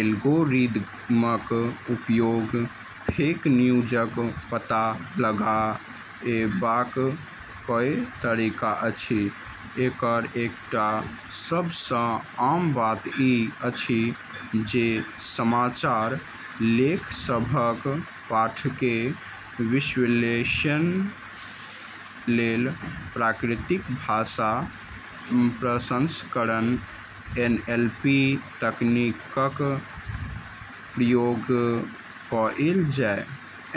एल्गोरिदमक उपयोग फेक न्यूजक पता लगाएबाक कए तरीका अछि। एकर एकटा सबसँ आम बात ई अछि जे समाचार लेखसभक पाठकेँ विश्लेषणलेल प्राकृतिक भाषा प्रसंस्करण (एनएलपी) तकनीकक प्रयोग कएल जाए।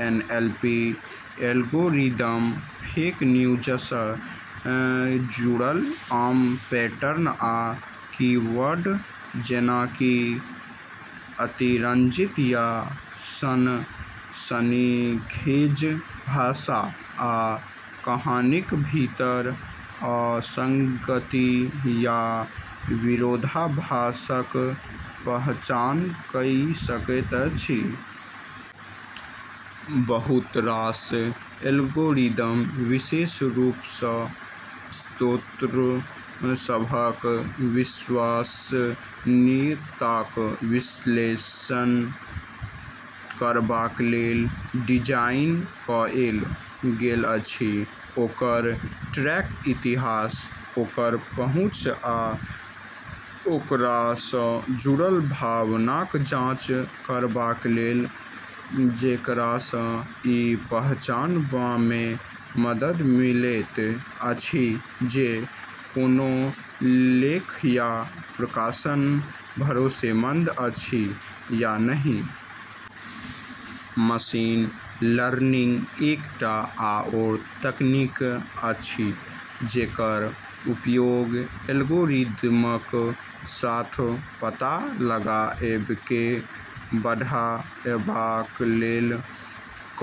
एनएलपी एल्गोरिदम फेक न्यूजसँ जुड़ल आम पैटर्न आ कीवर्ड, जेना कि अतिरंजित या सनसनीखेज भाषा, आ कहानीक भीतर असंगति या विरोधाभासक पहचान कइ सकैत अछि। बहुत रास एल्गोरिदम विशेष रूपसँ स्रोतसभक विश्वसनीयताक विश्लेषण करबाकलेल डिजाइन कएल गेल अछि, ओकर ट्रैक इतिहास, ओकर पहुँच आ ओकरासँ जुड़ल भावनाक जांच करबाकलेल, जेकरासँ ई पहचानबामे मदद मिलैत अछि जे कोनो लेख या प्रकाशन भरोसेमंद अछि या नहि। मशीन लर्निंग एकटा आओर तकनीक अछि जेकर उपयोग एल्गोरिदमक साथ पता लगाएबकेँ बढ़ाएबाकलेल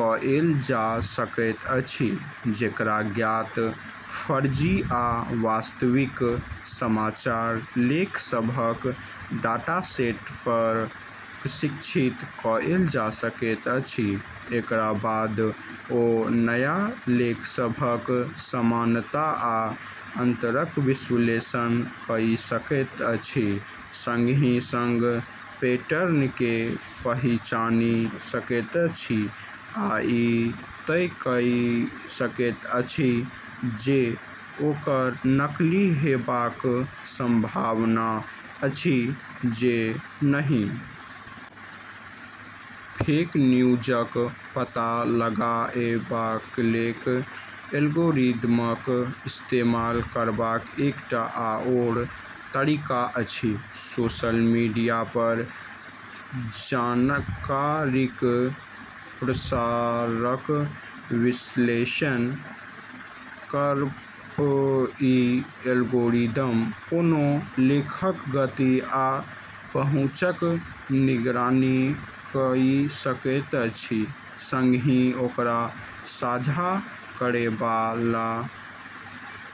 कएल जा सकैत अछि जेकरा ज्ञात फर्जी आ वास्तविक समाचार लेखसभक डाटासेटपर प्रशिक्षित कएल जा सकैत अछि। एकरा बाद ओ नया लेखसभक समानता आ अंतरक विश्लेषण कइ सकैत अछि, संगही संग पैटर्नकेँ पहिचानि सकैत अछि, आ ई तय कइ सकैत अछि जे ओकर नकली हेबाक संभावना अछि जे नहि। फेक न्यूजक पता लगाएबाकलेल एल्गोरिदमक इस्तेमाल करबाक एकटा आओर तरीका अछि सोशल मीडियापर जानकारीक प्रसारक विश्लेषण करब। ई एल्गोरिदम कोनो लेखक गति आ पहुँचक निगरानी कइ सकैत अछि, संगही ओकरा साझा करैबाला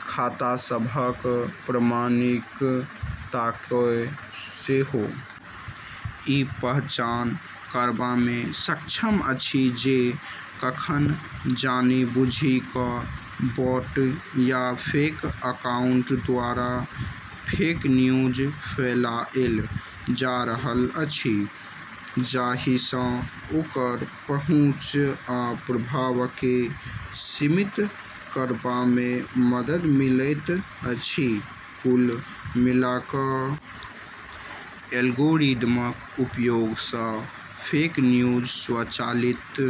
खातासभक प्रामाणिकताकेँ सेहो। ई पहचान करबामे सक्षम अछि जे कखन जानि-बूझि कऽ बॉट या फेक अकाउंट द्वारा फेक न्यूज फैलाएल जा रहल अछि, जाहिसँ ओकर पहुँच आ प्रभावकेँ सीमित करबामे मदद मिलैत अछि। कुल मिला कऽ एल्गोरिदमक उपयोगसँ फेक न्यूजक स्वचालित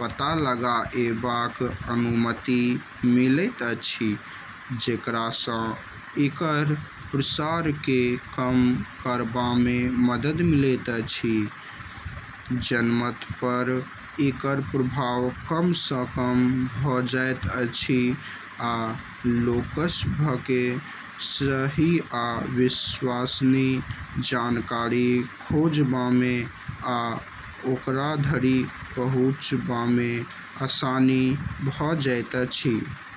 पता लगाएबाक अनुमति मिलैत अछि, जेकरासँ एकर प्रसारकेँ कम करबामे मदद मिलैत अछि, जनमतपर एकर प्रभाव कम सँ कम भऽ जाइत अछि, आ लोकसभकेँ सही आ विश्वसनीय जानकारी खोजबामे आ ओकराधरि पहुँचबामे आसानी भऽ जाइत अछि।